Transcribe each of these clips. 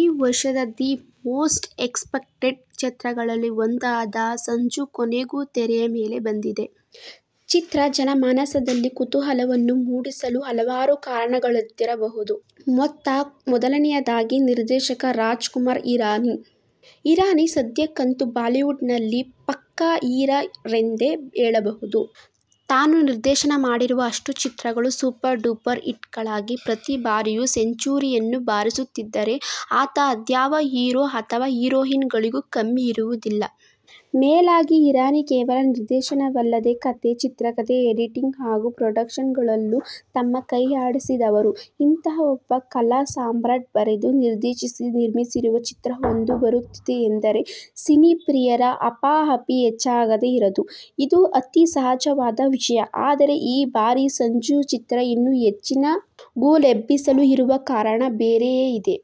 ಈ ವರ್ಷದ the most expected ಚಿತ್ರಗಳಲ್ಲಿ ಒಂದಾದ 'ಸಂಜು' ಕೊನೆಗೂ ತೆರೆಯ ಮೇಲೆ ಬಂದಿದೆ. ಚಿತ್ರ ಜನಮಾನಸದಲ್ಲಿ ಕುತೂಹಲವನ್ನು ಮೂಡಿಸಲು ಹಲವಾರು ಕಾರಣಗಳಿದ್ದಿರಬಹುದು. ಮೊತ್ತ ಮೊದಲನೆಯದಾಗಿ ನಿರ್ದೇಶಕ ರಾಜ್ಕುಮಾರ್ ಹಿರಾನಿ. ಹಿರಾನಿ ಸದ್ಯಕ್ಕಂತೂ ಬಾಲಿವುಡ್ ನಲ್ಲಿ ಪಕ್ಕ 'ಹೀರಾ' ರೆಂದೇ ಹೇಳಬಹುದು. ತಾನು ನಿರ್ದೇಶನ ಮಾಡಿರುವ ಅಷ್ಟೂ ಚಿತ್ರಗಳು ಸೂಪರ್ ಡೂಪರ್ ಹಿಟ್ ಗಳಾಗಿ ಪ್ರತಿ ಬಾರಿಯೂ ಸೆಂಚೂರಿಯನ್ನು ಬಾರಿಸುತ್ತಿದ್ದರೆ ಆತ ಅದ್ಯಾವ ಹೀರೊ ಅಥವಾ ಹೀರೋಯಿನ್ ಗಳಿಗೂ ಕಮ್ಮಿ ಇರುವುದಿಲ್ಲ. ಮೇಲಾಗಿ ಹಿರಾನಿ ಕೇವಲ ನಿರ್ದೇಶನವಲ್ಲದೆ ಕಥೆ, ಚಿತ್ರಕತೆ, ಎಡಿಟಿಂಗ್ ಹಾಗು ಪ್ರೊಡಕ್ಷನ್ ಗಳಲ್ಲೂ ತಮ್ಮ ಕೈಯಾಡಿಸಿದವರು. ಇಂತಹ ಒಬ್ಬ ಕಲಾಸಾಮ್ರಾಟ್ ಬರೆದು, ನಿರ್ದೇಶಿಸಿ ನಿರ್ಮಿಸಿರುವ ಚಿತ್ರವೊಂದು ಬರುತ್ತಿದೆ ಎಂದರೆ ಸಿನಿಪ್ರಿಯರ ಹಪಾಹಪಿ ಹೆಚ್ಚಾಗದೇ ಇರದು. ಇದು ಅತಿ ಸಹಜವಾದ ವಿಷಯ. ಆದರೆ ಈ ಬಾರಿ ಸಂಜು ಚಿತ್ರ ಇನ್ನೂ ಹೆಚ್ಚಿನ ಗುಲ್ಲೆಬ್ಬಿಸಲು ಇರುವ ಕಾರಣ ಬೇರೆಯೇ ಇದೆ.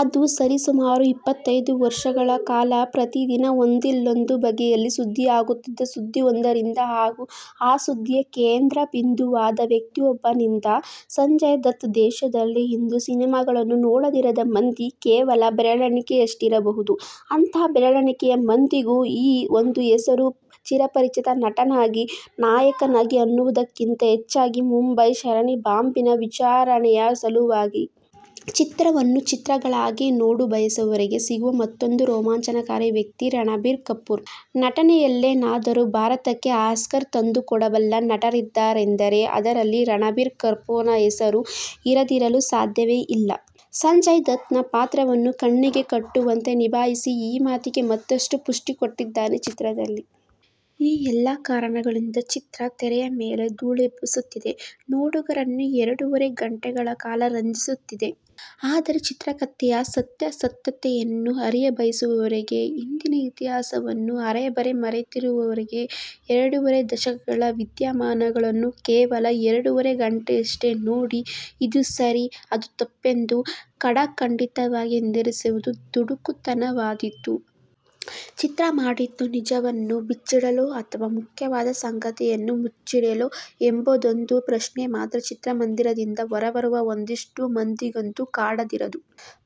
ಅದು ಸರಿಸುಮಾರು ಇಪ್ಪತ್ತೈದು ವರ್ಷಗಳ ಕಾಲ ಪ್ರತಿ ದಿನ ಒಂದಿಲ್ಲೊಂದು ಬಗೆಯಲ್ಲಿ ಸುದ್ದಿಯಾಗುತ್ತಿದ್ದ ಸುದ್ದಿಯೊಂದರಿಂದ ಹಾಗು ಆ ಸುದ್ದಿಯ ಕೇಂದ್ರಬಿಂದುವಾದ ವ್ಯಕ್ತಿಯೊಬ್ಬನಿಂದ. ಸಂಜಯ್ ದತ್ ದೇಶದಲ್ಲಿ ಇಂದು ಸಿನಿಮಾಗಳನ್ನು ನೋಡದಿರದ ಮಂದಿ ಕೇವಲ ಬೆರಳಣಿಕೆಯಷ್ಟಿರಬಹುದು. ಅಂತಹ ಬೆರಳೆಣಿಕೆಯ ಮಂದಿಗೂ ಈ ಒಂದು ಹೆಸರು ಚಿರಪರಿಚಿತ ನಟನಾಗಿ, ನಾಯಕನಾಗಿ ಅನ್ನುವುದಕ್ಕಿಂತ ಹೆಚ್ಚಾಗಿ ಮುಂಬೈ ಸರಣಿ ಬಾಂಬಿನ ವಿಚಾರಣೆಯ ಸಲುವಾಗಿ. ಚಿತ್ರವನ್ನು ಚಿತ್ರಗಳಾಗಿಯೇ ನೋಡಬಯಸುವವರಿಗೆ ಸಿಗುವ ಮತ್ತೊಂದು ರೋಮಾಂಚನಕಾರಿ ವ್ಯಕ್ತಿ ರಣಬೀರ್ ಕಪೂರ್. ನಟನೆಯಲ್ಲೇನಾದರೂ ಭಾರತಕ್ಕೆ ಆಸ್ಕರ್ ತಂದುಕೊಡಬಲ್ಲ ನಟರಿದ್ದಾರೆಂದರೆ ಆದರಲ್ಲಿ ರಣಬೀರ್ ಕಪೂರ್ನ ಹೆಸರು ಇರದಿರಲು ಸಾಧ್ಯವೇ ಇಲ್ಲ. ಸಂಜಯ್ ದತ್ ನ ಪಾತ್ರವನ್ನು ಕಣ್ಣಿಗೆ ಕಟ್ಟುವಂತೆ ನಿಭಾಯಿಸಿ ಈ ಮಾತಿಗೆ ಮತ್ತಷ್ಟು ಪುಷ್ಟಿಕೊಟ್ಟಿದ್ದಾನೆ ಚಿತ್ರದಲ್ಲಿ. ಈ ಎಲ್ಲ ಕಾರಣಗಳಿಂದ ಚಿತ್ರ ತೆರೆಯ ಮೇಲೆ ದೂಳೆಬ್ಬಿಸುತ್ತಿದೆ. ನೋಡುಗರನ್ನು ಎರಡೂವರೆ ಘಂಟೆಗಳ ಕಾಲ ರಂಜಿಸುತ್ತಿದೆ. ಆದರೆ ಚಿತ್ರಕತೆಯ ಸತ್ಯಾಸತ್ಯತೆಯನ್ನು ಅರಿಯಬಯಸುವವರಿಗೆ, ಹಿಂದಿನ ಇತಿಹಾಸವನ್ನು ಅರೆಬರೆ ಮರೆತಿರುವವರಿಗೆ ಎರಡೂವರೆ ದಶಕಗಳ ವಿದ್ಯಮಾನಗಳನ್ನು ಕೇವಲ ಎರಡೂವರೆ ಘಂಟೆಯಷ್ಟೇ ನೋಡಿ ಇದು ಸರಿ ಅದು ತಪ್ಪೆಂದು ಖಡಾಖಂಡಿತವಾಗಿ ನಿರ್ಧರಿಸುವುದು ದುಡುಕುತನವಾದೀತು. ಚಿತ್ರ ಮಾಡಿದ್ದು ನಿಜವನ್ನು ಬಿಚ್ಚಿಡಲೋ ಅಥವಾ ಮುಖ್ಯವಾದ ಸಂಗತಿಯನ್ನು ಮುಚ್ಚಿಡಲೋ ಎಂಬೊಂದು ಪ್ರಶ್ನೆ ಮಾತ್ರ ಚಿತ್ರಮಂದಿರದಿಂದ ಹೊರಬರುವ ಒಂದಿಷ್ಟು ಮಂದಿಗಂತೂ ಕಾಡದಿರದು.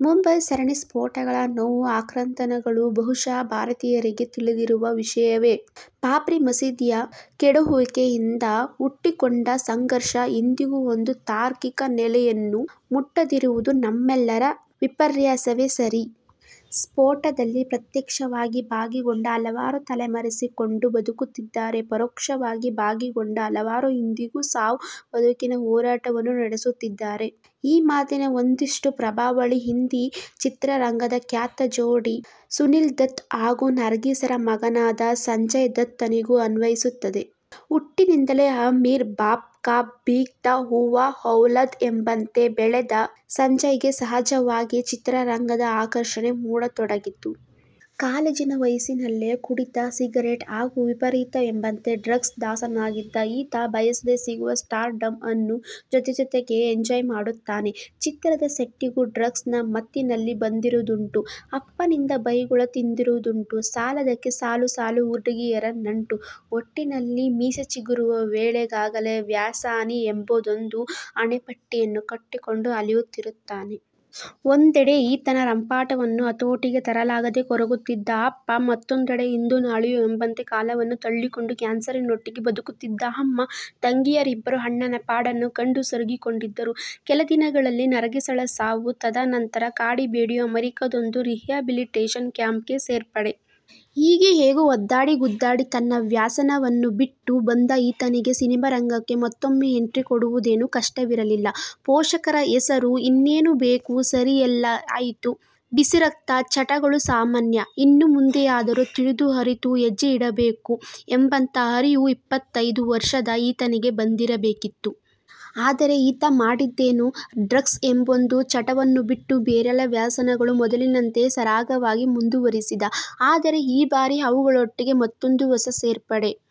ಮುಂಬೈ ಸರಣಿ ಸ್ಫೋಟಗಳ ನೋವು ಆಕ್ರಂದನಗಳು ಭಾಗಶಃ ಭಾರತೀಯರಿಗೆ ತಿಳಿದಿರುವ ವಿಷಯವೇ. ಬಾಬ್ರಿ ಮಸೀದಿಯ ಕೆಡಹುವಿಕೆಯಿಂದ ಹುಟ್ಟಿಕೊಂಡ ಸಂಘರ್ಷ ಇಂದಿಗೂ ಒಂದು ತಾರ್ಕಿಕ ನೆಲೆಯನ್ನು ಮುಟ್ಟದಿರುವುದು ನಮ್ಮೆಲ್ಲರ ವಿಪರ್ಯಾಸವೇ ಸರಿ. ಸ್ಪೋಟದಲ್ಲಿ ಪ್ರತ್ಯಕ್ಷವಾಗಿ ಭಾಗಿಗೊಂಡ ಹಲವಾರು ತಲೆಮರೆಸಿಕೊಂಡು ಬದುಕುತ್ತಿದ್ದರೆ ಪರೋಕ್ಷವಾಗಿ ಭಾಗಿಗೊಂಡ ಹಲವರು ಇಂದಿಗೂ ಸಾವು ಬದುಕಿನ ಹೋರಾಟವನ್ನು ನಡೆಸುತ್ತಿದ್ದಾರೆ. ಈ ಮಾತಿನ ಒಂದಿಷ್ಟು ಪ್ರಭಾವಳಿ ಹಿಂದಿ ಚಿತ್ರರಂಗದ ಖ್ಯಾತ ಜೋಡಿ ಸುನಿಲ್ ದತ್ ಹಾಗು ನರ್ಗೀಸರ ಮಗನಾದ ಸಂಜಯ್ ದತ್ ನಿಗೂ ಅನ್ವಯಿಸುತ್ತದೆ. ಹುಟ್ಟಿನಿಂದಲೇ ಅಮೀರ್ ಬಾಪ್ ಕ ಬಿಗ್ದಾ ಹೂವಾ ಔಲಾದ್ ಎಂಬಂತೆ ಬೆಳೆದ ಸಂಜಯ್ಗೆ ಸಹಜವಾಗಿಯೇ ಚಿತ್ರರಂಗದ ಆಕರ್ಷಣೆ ಮೂಡತೊಡಗಿತು. ಕಾಲೇಜಿನ ವಯಸ್ಸಿನಲ್ಲಿಯೇ ಕುಡಿತ, ಸಿಗರೇಟು ಹಾಗು ವಿಪರೀತವೆಂಬಂತೆ ಡ್ರಗ್ಸ್ ದಾಸನಾಗಿದ್ದ ಈತ ಬಯಸದೆ ಸಿಗುವ ಸ್ಟಾರ್ ಡಮ್ ಅನ್ನು ಜೊತೆಜೊತೆಗೆ ಎಂಜಾಯ್ ಮಾಡುತ್ತಾನೆ. ಚಿತ್ರದ ಸೆಟ್ಟಿಗೂ ಡ್ರಗ್ಸ್ ನ ಮತ್ತಿನಲ್ಲಿ ಬಂದಿರುವುದುಂಟು. ಅಪ್ಪನಿಂದ ಬೈಗುಳ ತಿಂದಿರುವುದುಂಟು. ಸಾಲದಕ್ಕೆ ಸಾಲು ಸಾಲು ಹುಡುಗಿಯರ ನಂಟು. ಒಟ್ಟಿನಲ್ಲಿ ಮೀಸೆಚಿಗುರುವ ವೇಳೆಗಾಗಲೇ ವ್ಯಸನಿ ಎಂಬೊಂದು ಹಣೆಪಟ್ಟಿಯನ್ನು ಕಟ್ಟಿಕೊಂಡು ಅಲೆಯುತ್ತಿರುತ್ತಾನೆ. ಒಂದೆಡೆ ಈತನ ರಂಪಾಟವನ್ನು ಹತೋಟಿಗೆ ತರಲಾಗದೆ ಕೊರಗುತ್ತಿದ್ದ ಅಪ್ಪ ಮತ್ತೊಂದೆಡೆ ಇಂದೋ ನಾಳೆಯೋ ಎಂಬಂತೆ ಕಾಲವನ್ನು ತಳ್ಳಿಕೊಂಡು ಕ್ಯಾನ್ಸರಿನೊಟ್ಟಿಗೆ ಬದುಕುತ್ತಿದ್ದ ಅಮ್ಮ. ತಂಗಿಯರಿಬ್ಬರೂ ಅಣ್ಣನ ಪಾಡನ್ನು ಕಂಡು ಸೊರಗಿಕೊಂಡಿದ್ದರು. ಕೆಲ ದಿನಗಳಲ್ಲೇ ನರ್ಗೀಸ್ ಳ ಸಾವು. ತದನಂತರ ಕಾಡಿ ಬೇಡಿಯೋ ಅಮೆರಿಕದೊಂದು ರಿಹ್ಯಾಬಿಲಿಟೇಷನ್ ಕ್ಯಾಂಪ್ಗೆ ಸೇರ್ಪಡೆ. ಹೀಗೆ ಹೇಗೋ ಒದ್ದಾಡಿ ಗುದ್ದಾಡಿ ತನ್ನ ವ್ಯಸನವನ್ನು ಬಿಟ್ಟು ಬಂದ ಈತನಿಗೆ ಸಿನಿಮಾರಂಗಕ್ಕೆ ಮತ್ತೊಮ್ಮೆ ಎಂಟ್ರಿ ಕೊಡುವುದೇನು ಕಷ್ಟವಿರಲಿಲ್ಲ. ಪೋಷಕರ ಹೆಸರು. ಇನ್ನೇನು ಬೇಕು. ಸರಿ ಎಲ್ಲ ಆಯಿತು, ಬಿಸಿ ರಕ್ತ. ಚಟಗಳು ಸಾಮಾನ್ಯ. ಇನ್ನು ಮುಂದೆಯಾದರೂ ತಿಳಿದು ಅರಿತು ಹೆಜ್ಜೆಯಿಡಬೇಕು ಎಂಬಂತ ಅರಿವು ಇಪ್ಪತ್ತೈದು ವರ್ಷದ ಈತನಿಗೆ ಬಂದಿರಬೇಕಿತ್ತು. ಆದರೆ ಈತ ಮಾಡಿದ್ದೇನು ಡ್ರಗ್ಸ್ ಎಂಬೊಂದು ಚಟವನ್ನು ಬಿಟ್ಟು ಬೇರೆಲ್ಲ ವ್ಯಸನಗಳು ಮೊದಲಿನಂತೆಯೇ ಸರಾಗವಾಗಿ ಮುಂದುವರೆಸಿದ. ಆದರೆ ಈ ಬಾರಿ ಅವುಗಳೊಟ್ಟಿಗೆ ಮತ್ತೊಂದು ಹೊಸ ಸೇರ್ಪಡೆ.